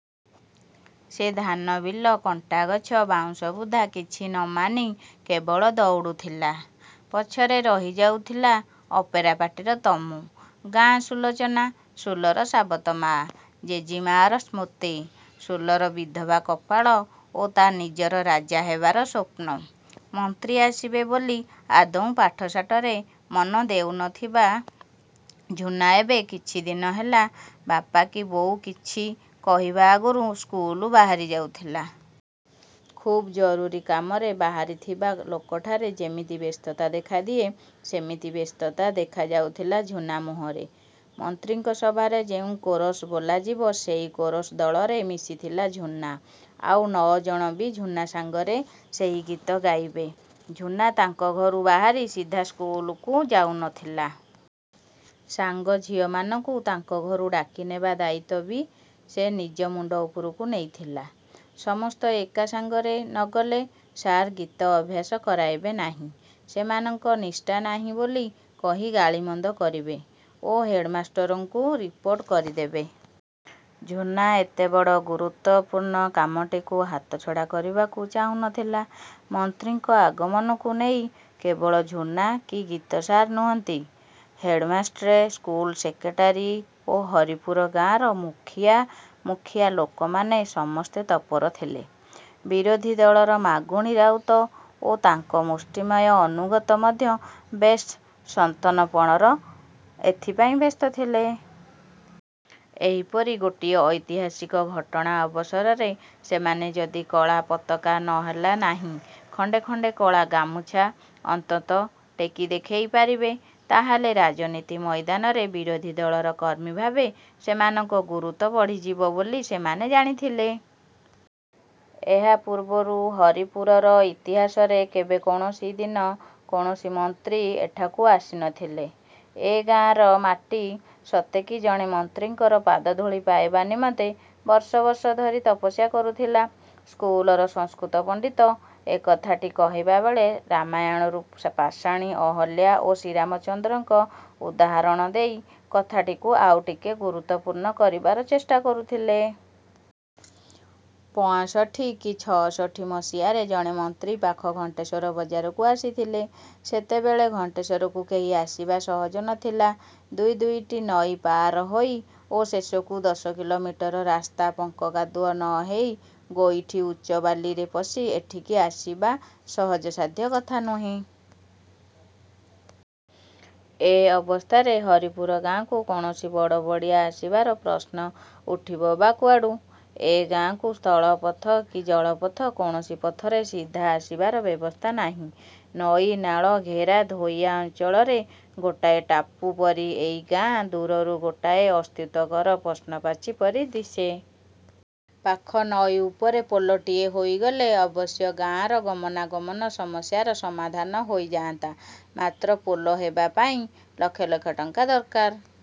ସେ ଧାନବିଲ, କଣ୍ଟାଗଛ,। ବାଉଁଶ ବୁଦା କିଛି ନ ମାନି କେବଳ ଦଉଡ଼ୁଥିଲା। ପଛରେ ରହିଯାଉଥିଲା ଅପେରା ପାର୍ଟିର ତମ୍ବୁ, ଗାଁ, ସୁଲୋଚନା, ସୁଲର ସାବତ ମା, ଜେଜିମାର ସ୍ମୃତି, ସୁଲର ବିଧବା କପାଳ ଓ ତା ନିଜର ରାଜା ହେବାର ସ୍ୱପ୍ନ। ମନ୍ତ୍ରୀ ଆସିବେ ବୋଲି ଆଦୌ ପାଠଶାଠରେ ମନ ଦେଉ ନ ଥିବା ଝୁନା ଏବେ କିଛିଦିନ ହେଲା ବାପା କି ବୋଉ କିଛି କହିବା ଆଗରୁ ସ୍କୁଲ୍କୁ ବାହାରି ଯାଉଥିଲା। ଖୁବ୍ ଜରୁରୀ କାମରେ ବାହାରିଥିବା ଲୋକଠାରେ ଯେମିତି ବ୍ୟସ୍ତତା ଦେଖାଦିଏ ସେମିତି ବ୍ୟସ୍ତତା ଦେଖା ଦେଉଥିଲା ଝୁନା ମୁହଁରେ। ମନ୍ତ୍ରୀଙ୍କ ସଭାରେ ଯେଉଁ କୋରସ୍ ବୋଲାଯିବ ସେଇ କୋରସ୍ ଦଳରେ ମିଶିଥିଲା ଝୁନା। ଆଉ ନଅଜଣ ବି ଝୁନା ସାଙ୍ଗରେ ସେଇ ଗୀତ ଗାଇବେ। ଝୁନା ତାଙ୍କ ଘରୁ ବାହାରି ସିଧା ସ୍କୁଲକୁ ଯାଉ ନ ଥିଲା। ସାଙ୍ଗ ଝିଅମାନଙ୍କୁ ତାଙ୍କ ଘରୁ ଡାକିନେବା ଦାୟିତ୍ୱ ବି ସେ ନିଜ ମୁଣ୍ଡ ଉପରକୁ ନେଇଥିଲା। ସମସ୍ତେ ଏକା ସାଙ୍ଗରେ ନ ଗଲେ ସାର୍ ଗୀତ ଅଭ୍ୟାସ କରାଇବେ ନାହିଁ। ସେମାନଙ୍କର ନିଷ୍ଠା ନାହିଁ ବୋଲି କହି ଗାଳିମନ୍ଦ କରିବେ ଓ ହେଡ୍ ମାଷ୍ଟରଙ୍କୁ ରିପୋର୍ଟ କରିଦେବେ। ଝୁନା ଏତେ ବଡ଼ ଗୁରୁତ୍ୱପୂର୍ଣ୍ଣ କାମଟିକୁ ହାତଛଡ଼ା କରିବାକୁ ଚାହୁଁ ନ ଥିଲା। ମନ୍ତ୍ରୀଙ୍କ ଆଗମନକୁ ନେଇ କେବଳ ଝୁନା କି ଗୀତସାର୍ ନୁହନ୍ତି, ହେଡ୍ମାଷ୍ଟ୍ରେ, ସ୍କୁଲ ସେକ୍ରେଟାରୀ ଓ ହରିପୁର ଗାଁର ମୁଖିଆ ମୁଖିଆ ଲୋକମାନେ ସମସ୍ତେ ତତ୍ପର ଥିଲେ। ବିରୋଧୀ ଦଳର ମାଗୁଣି ରାଉତ ଓ ତାଙ୍କ ମୁଷ୍ଟିମେୟ ଅନୁଗତ ମଧ୍ୟ ବେଶ୍ ସନ୍ତର୍ପଣରେ ଏଥିପାଇଁ ବ୍ୟସ୍ତ ଥିଲେ। ଏହିପରି ଗୋଟିଏ ଐତିହାସିକ ଘଟଣା ଅବସରରେ ସେମାନେ ଯଦି କଳା ପତାକା ନ ହେଲା ନାହିଁ ଖଣ୍ଡେ ଖଣ୍ଡେ କଳା ଗାମୁଛା ଅନ୍ତତଃ ଟେକି ଦେଖେଇ ପାରିବେ ତାହେଲେ ରାଜନୀତି ମଇଦାନରେ ବିରୋଧୀ ଦଳର କର୍ମୀ ଭାବେ ସେମାନଙ୍କର ଗୁରୁତ୍ୱ ବଢ଼ିଯିବ ବୋଲି ସେମାନେ ଜାଣିଥିଲେ। ଏହା ପୂର୍ବରୁ ହରିପୁରର ଇତିହାସରେ କେବେ କୌଣସି ଦିନ କୌଣସି ମନ୍ତ୍ରୀ ଏଠାକୁ ଆସି ନ ଥିଲେ। ଏ ଗାଁର ମାଟି ସତେ କି ଜଣେ ମନ୍ତ୍ରୀଙ୍କର ପାଦଧୂଳି ପାଇବା ନିମନ୍ତେ ବର୍ଷ ବର୍ଷ ଧରି ତପସ୍ୟା କରୁଥିଲା। ସ୍କୁଲର ସଂସ୍କୃତ ପଣ୍ଡିତ ଏ କଥାଟି କହିବା ବେଳେ ରାମାୟଣରୁ ପାଷାଣୀ ଅହଲ୍ୟା ଓ ଶ୍ରୀରାମଚନ୍ଦ୍ରଙ୍କ ଉଦାହରଣ ଦେଇ କଥାଟିକୁ ଆଉ ଟିକେ ଗୁରୁତ୍ୱପୂର୍ଣ୍ଣ କରିବାର ଚେଷ୍ଟା କରୁଥିଲେ। ପଆଁଷଠି କି ଛଅଷଠି ମସିହାରେ ଜଣେ ମନ୍ତ୍ରୀ ପାଖ ଘଣ୍ଟେଶ୍ୱର ବଜାରକୁ ଆସିଥିଲେ। ସେତେବେଳେ ଘଣ୍ଟେଶ୍ୱରକୁ କେହି ଆସିବା ସହଜ ନଥିଲା। ଦୁଇ ଦୁଇଟି ନଈ ପାର ହୋଇ ଓ ଶେଷକୁ ଦଶ କିଲୋମିଟର ରାସ୍ତା ପଙ୍କ କାଦୁଅ ନ ହେଲେ ଗୋଇଠି ଉଚ୍ଚ ବାଲିରେ ପଶି ଏଠିକି ଆସିବା ସହଜସାଧ୍ୟ କଥା ନୁହେଁ। ଏ ଅବସ୍ଥାରେ ହରିପୁର ଗାଁକୁ କୌଣସି ବଡ଼ବଡ଼ିଆ ଆସିବାର ପ୍ରଶ୍ନ ଉଠିବ ବା କୁଆଡୁ! ଏ ଗାଁକୁ ସ୍ଥଳପଥ କି ଜଳପଥ କୌଣସି ପଥରେ ସିଧା ଆସିବାର ବ୍ୟବସ୍ଥା ନାହିଁ। ନଈ ନାଳ ଘେରା ଧୋଇଆ ଅଞ୍ଚଳରେ ଗୋଟାଏ ଟାପୁ ପରି ଏଇ ଗାଁ, ଦୂରରୁ ଗୋଟାଏ ଅସ୍ୱସ୍ତିକର ପ୍ରଶ୍ନବାଚୀ ପରି ଦିଶେ। ପାଖ ନଈ ଉପରେ ପୋଲଟିଏ ହୋଇଗଲେ ଅବଶ୍ୟ ଗାଁର ଗମନାଗମନ ସମସ୍ୟାର ସମାଧାନ ହୋଇଯାଆନ୍ତା। ମାତ୍ର ପୋଲ ହେବା ପାଇଁ ଲକ୍ଷ ଲକ୍ଷ ଟଙ୍କା ଦରକାର